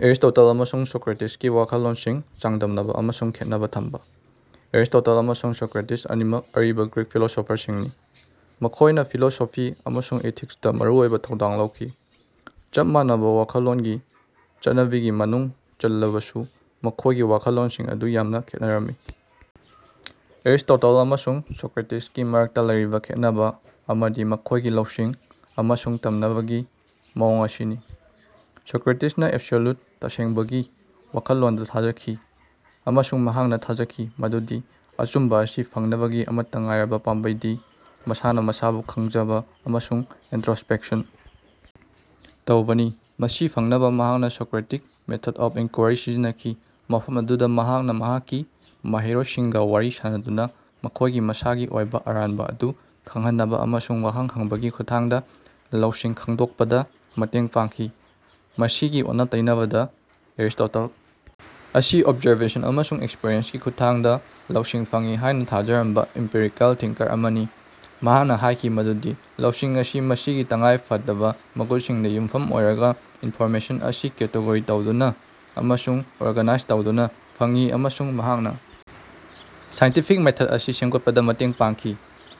Aristotle ꯑꯃꯁꯨꯡ ꯁꯣꯀ꯭ꯔꯦꯇꯤꯁꯀꯤ ꯋꯥꯈꯜꯂꯣꯟꯁꯤꯡ ꯆꯥꯡꯗꯝꯅꯕ ꯑꯃꯁꯨꯡ ꯈꯦꯠꯅꯕ ꯊꯝꯕ- ꯑꯦꯔꯤꯁ꯭ꯇꯣꯇꯜ ꯑꯃꯁꯨꯡ ꯁꯣꯀ꯭ꯔꯦꯇꯤꯁ ꯑꯅꯤꯃꯛ ꯑꯔꯤꯕ ꯒ꯭ꯔꯤꯛ ꯐꯤꯂꯣꯁꯣꯐꯔꯁꯤꯡꯅꯤ꯫ ꯃꯈꯣꯏꯅ ꯐꯤꯂꯣꯁꯣꯐꯤ ꯑꯃꯁꯨꯡ ꯏꯊꯤꯛꯁꯇ ꯃꯔꯨꯑꯣꯏꯕ ꯊꯧꯗꯥꯡ ꯂꯧꯈꯤ꯫ ꯆꯞ ꯃꯥꯟꯅꯕ ꯋꯥꯈꯜꯂꯣꯟꯒꯤ ꯆꯠꯅꯕꯤꯒꯤ ꯃꯅꯨꯡ ꯆꯜꯂꯕꯁꯨ ꯃꯈꯣꯏꯒꯤ ꯋꯥꯈꯜꯂꯣꯟꯁꯤꯡ ꯑꯗꯨ ꯌꯥꯝꯅ ꯈꯦꯠꯅꯔꯝꯃꯤ꯫ ꯑꯦꯔꯤꯁ꯭ꯇꯣꯇꯜ ꯑꯃꯁꯨꯡ ꯁꯣꯀ꯭ꯔꯦꯇꯤꯁꯀꯤ ꯃꯔꯛꯇ ꯂꯩꯔꯤꯕ ꯈꯦꯟꯅꯕ ꯑꯃꯗꯤ ꯃꯈꯣꯏꯒꯤ ꯂꯧꯁꯤꯡ ꯑꯃꯁꯨꯡ ꯇꯝꯅꯕꯒꯤ ꯃꯑꯣꯡ ꯑꯁꯤꯅꯤ꯫ ꯁꯣꯀ꯭ꯔꯦꯇꯤꯁꯅ ꯑꯦꯕꯁꯣꯂ꯭ꯌꯨꯠ (ꯇꯁꯦꯡꯕ)ꯒꯤ ꯋꯥꯈꯜꯂꯣꯟꯗ ꯊꯥꯖꯈꯤ ꯑꯃꯁꯨꯡ ꯃꯍꯥꯛꯅ ꯊꯥꯖꯈꯤ ꯃꯗꯨꯗꯤ ꯑꯆꯨꯝꯕ ꯑꯁꯤ ꯐꯪꯅꯕꯒꯤ ꯑꯃꯠꯇ ꯉꯥꯏꯔꯕ ꯄꯥꯝꯕꯩꯗꯤ ꯃꯁꯥꯅ ꯃꯁꯥꯕꯨ ꯈꯪꯖꯕ ꯑꯃꯁꯨꯡ ꯏꯟꯇ꯭ꯔꯣꯁꯄꯦꯛꯁꯟ ꯇꯧꯕꯅꯤ꯫ ꯃꯁꯤ ꯐꯪꯅꯕ ꯃꯍꯥꯛꯅ ꯁꯣꯀ꯭ꯔꯤꯇꯤꯛ ꯃꯦꯊꯗ ꯑꯣꯐ ꯏꯅꯀ꯭ꯋꯦꯔꯤ ꯁꯤꯖꯤꯟꯅꯈꯤ꯫ ꯃꯐꯝ ꯑꯗꯨꯗ ꯃꯍꯥꯛꯅ ꯃꯍꯥꯛꯀꯤ ꯃꯍꯩꯔꯣꯏꯁꯤꯡꯒ ꯋꯥꯔꯤ ꯁꯥꯅꯗꯨꯅ ꯃꯈꯣꯏꯒꯤ ꯃꯁꯥꯒꯤ ꯑꯣꯏꯕ ꯑꯔꯥꯟꯕ ꯑꯗꯨ ꯈꯪꯍꯟꯅꯕ ꯑꯃꯁꯨꯡ ꯋꯥꯍꯪ ꯍꯪꯕꯒꯤ ꯈꯨꯠꯊꯥꯡꯗ ꯂꯧꯁꯤꯡ ꯈꯪꯗꯣꯛꯄꯗ ꯃꯇꯦꯡ ꯄꯥꯡꯈꯤ꯫ ꯃꯁꯤꯒꯤ ꯑꯣꯟꯅ-ꯇꯩꯅꯕꯗ, ꯑꯦꯔꯤꯁ꯭ꯇꯣꯇꯜ ꯑꯁꯤ ꯑꯣꯕꯖꯔꯕꯦꯁꯟ ꯑꯃꯁꯨꯡ ꯑꯦꯛꯁ꯭ꯄꯔꯤꯑꯦꯟꯁꯀꯤ ꯈꯨꯠꯊꯥꯡꯗ ꯂꯧꯁꯤꯡ ꯐꯪꯏ ꯍꯥꯏꯅ ꯊꯥꯖꯔꯝꯕ ꯑꯦꯝꯄꯤꯔꯤꯀꯦꯜ ꯊꯤꯡꯀꯔ ꯑꯃꯅꯤ꯫ ꯃꯍꯥꯛꯅ ꯍꯥꯏꯈꯤ ꯃꯗꯨꯗꯤ ꯂꯧꯁꯤꯡ ꯑꯁꯤ ꯃꯁꯤꯒꯤ ꯇꯉꯥꯏ ꯐꯗꯕ ꯃꯒꯨꯟꯁꯤꯡꯗ ꯌꯨꯝꯐꯝ ꯑꯣꯏꯔꯒ ꯏꯟꯐꯣꯔꯃꯦꯁꯟ ꯑꯁꯤ ꯀꯦꯇꯦꯒꯣꯔꯤ ꯇꯧꯗꯨꯅ ꯑꯃꯁꯨꯡ ꯑꯣꯔꯒꯅꯥꯏꯖ ꯇꯧꯗꯨꯅ ꯐꯪꯏ ꯑꯃꯁꯨꯡ ꯃꯍꯥꯛꯅ ꯁꯥꯏꯟꯇꯤꯐꯤꯛ ꯃꯦꯊꯗ ꯑꯁꯤ ꯁꯦꯃꯒꯠꯄꯗ ꯃꯇꯦꯡ ꯄꯥꯡꯈꯤ꯫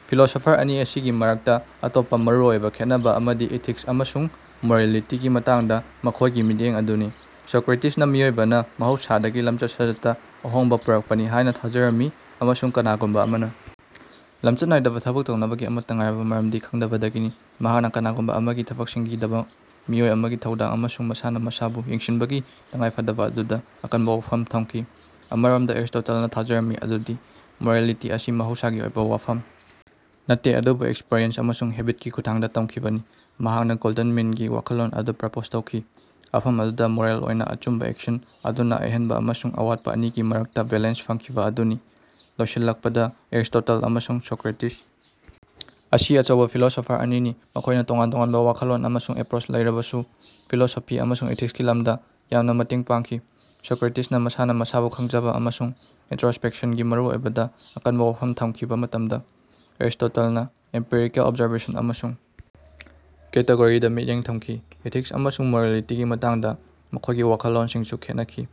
ꯐꯤꯂꯣꯁꯣꯐꯔ ꯑꯅꯤ ꯑꯁꯤꯒꯤ ꯃꯔꯛꯇ ꯑꯇꯣꯞꯄ ꯃꯔꯨꯑꯣꯏꯕ ꯈꯦꯠꯅꯕ ꯑꯃꯗꯤ ꯏꯊꯤꯛꯁ ꯑꯃꯁꯨꯡ ꯃꯣꯔꯦꯜꯂꯤꯇꯤꯒꯤ ꯃꯇꯥꯡꯗ ꯃꯈꯣꯏꯒꯤ ꯃꯤꯠꯌꯦꯡ ꯑꯗꯨꯅꯤ꯫ ꯁꯣꯀ꯭ꯔꯦꯇꯤꯁꯅ ꯃꯤꯑꯣꯏꯕꯅ ꯃꯍꯧꯁꯥꯗꯒꯤ ꯂꯝꯆꯠ ꯁꯥꯖꯠꯇ ꯑꯍꯣꯡꯕ ꯄꯨꯔꯛꯄꯅꯤ ꯍꯥꯏꯅ ꯊꯥꯖꯔꯝꯃꯤ ꯑꯃꯁꯨꯡ ꯀꯅꯥꯒꯨꯝꯕ ꯑꯃꯅ ꯂꯝꯆꯠ ꯅꯥꯏꯗꯕ ꯊꯕꯛ ꯇꯧꯅꯕꯒꯤ ꯑꯃꯠꯇ ꯉꯥꯏꯔꯕ ꯃꯔꯝꯗꯤ ꯈꯪꯗꯕꯗꯒꯤꯅꯤ꯫ ꯃꯍꯥꯛꯅ ꯀꯅꯥꯒꯨꯝꯕ ꯑꯃꯒꯤ ꯊꯕꯛꯁꯤꯡꯒꯤꯗꯃꯛ ꯃꯤꯑꯣꯏ ꯑꯃꯒꯤ ꯊꯧꯗꯥꯡ ꯑꯃꯁꯨꯡ ꯃꯁꯥꯅ ꯃꯁꯥꯕꯨ ꯌꯦꯡꯁꯤꯟꯕꯒꯤ ꯇꯉꯥꯏꯐꯗꯕ ꯑꯗꯨꯗ ꯑꯀꯟꯕ ꯋꯥꯐꯝ ꯊꯝꯈꯤ꯫ ꯑꯃꯔꯣꯝꯗ, ꯑꯦꯔꯤꯁ꯭ꯇꯣꯇꯜꯅ ꯊꯥꯖꯔꯝꯃꯤ ꯃꯗꯨꯗꯤ ꯃꯣꯔꯦꯜꯂꯤꯇꯤ ꯑꯁꯤ ꯃꯍꯧꯁꯥꯒꯤ ꯑꯣꯏꯕ ꯋꯥꯐꯝ ꯅꯠꯇꯦ ꯑꯗꯨꯕꯨ ꯑꯦꯛꯁ꯭ꯄꯔꯤꯌꯦꯟꯁ ꯑꯃꯁꯨꯡ ꯍꯦꯕꯤꯠꯀꯤ ꯈꯨꯠꯊꯥꯡꯗ ꯇꯝꯈꯤꯕꯅꯤ꯫ ꯃꯍꯥꯛꯅ ꯒꯣꯜꯗꯟ ꯃꯤꯟꯒꯤ ꯋꯥꯈꯜꯂꯣꯟ ꯑꯗꯨ ꯄ꯭ꯔꯄꯣꯖ ꯇꯧꯈꯤ꯫ ꯃꯐꯝ ꯑꯗꯨꯗ ꯃꯣꯔꯦꯜ ꯑꯣꯏꯅ ꯑꯆꯨꯝꯕ ꯑꯦꯛꯁꯟ ꯑꯗꯨꯅ ꯑꯍꯦꯟꯕ ꯑꯃꯁꯨꯡ ꯑꯋꯥꯠꯄ ꯑꯅꯤꯒꯤ ꯃꯔꯛꯇ ꯕꯦꯂꯦꯟꯁ ꯐꯪꯈꯤꯕ ꯑꯗꯨꯅꯤ꯫ ꯂꯣꯏꯁꯤꯜꯂꯛꯄꯗ, ꯑꯦꯔꯤꯁ꯭ꯇꯣꯇꯜ ꯑꯃꯁꯨꯡ ꯁꯣꯀ꯭ꯔꯦꯇꯤꯁ ꯑꯁꯤ ꯑꯆꯧꯕ ꯐꯤꯂꯣꯁꯣꯐꯔ ꯑꯅꯤꯅꯤ꯫ ꯃꯈꯣꯏꯅ ꯇꯣꯉꯥꯟ -ꯇꯣꯉꯥꯟꯕ ꯋꯥꯈꯜꯂꯣꯟ ꯑꯃꯁꯨꯡ ꯑꯦꯄ꯭ꯔꯣꯆ ꯂꯩꯔꯕꯁꯨ ꯐꯤꯂꯣꯁꯣꯐꯤ ꯑꯃꯁꯨꯡ ꯏꯊꯤꯛꯁꯀꯤ ꯂꯝꯗ ꯌꯥꯝꯅ ꯃꯇꯦꯡ ꯄꯥꯡꯈꯤ꯫ ꯁꯣꯀ꯭ꯔꯦꯇꯤꯁꯅ ꯃꯁꯥꯅ ꯃꯁꯥꯕꯨ ꯈꯪꯖꯕ ꯑꯃꯁꯨꯡ ꯏꯟꯇ꯭ꯔꯣꯁꯄꯦꯛꯁꯟꯒꯤ ꯃꯔꯨꯑꯣꯏꯕꯗ ꯑꯀꯟꯕ ꯋꯥꯐꯝ ꯊꯃꯈꯤꯕ ꯃꯇꯝꯗ ꯑꯦꯔꯤꯁ꯭ꯇꯣꯇꯜꯅ ꯑꯦꯝꯄꯤꯔꯤꯀꯦꯜ ꯑꯣꯕꯖꯔꯕꯦꯁꯟ ꯑꯃꯁꯨꯡ ꯀꯦꯇꯦꯒꯣꯔꯤꯗ ꯃꯤꯠꯌꯦꯡ ꯊꯝꯈꯤ꯫ ꯏꯊꯤꯛꯁ ꯑꯃꯁꯨꯡ ꯃꯣꯔꯦꯂꯤꯇꯤꯒꯤ ꯃꯇꯥꯡꯗ ꯃꯈꯣꯏꯒꯤ ꯋꯥꯈꯜꯂꯣꯟꯁꯤꯡꯁꯨ ꯈꯦꯠꯅꯈꯤ꯫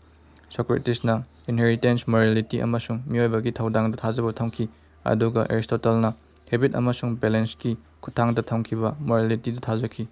ꯁꯣꯀ꯭ꯔꯦꯇꯤꯁꯅ ꯏꯟꯍꯦꯔꯤꯇꯦꯟꯇ ꯃꯣꯔꯦꯜꯂꯤꯇꯤ ꯑꯃꯁꯨꯡ ꯃꯤꯑꯣꯏꯕꯒꯤ ꯊꯧꯗꯥꯡꯗ ꯊꯥꯖꯕ ꯊꯝꯈꯤ ꯑꯗꯨꯒ ꯑꯦꯔꯤꯁ꯭ꯇꯣꯇꯜꯅ ꯍꯦꯕꯤꯠ ꯑꯃꯁꯨꯡ ꯕꯦꯂꯦꯟꯁꯀꯤ ꯈꯨꯠꯊꯥꯡꯗ ꯇꯝꯈꯤꯕ ꯃꯣꯔꯦꯜꯂꯤꯇꯤꯗ ꯊꯥꯖꯈꯤ꯫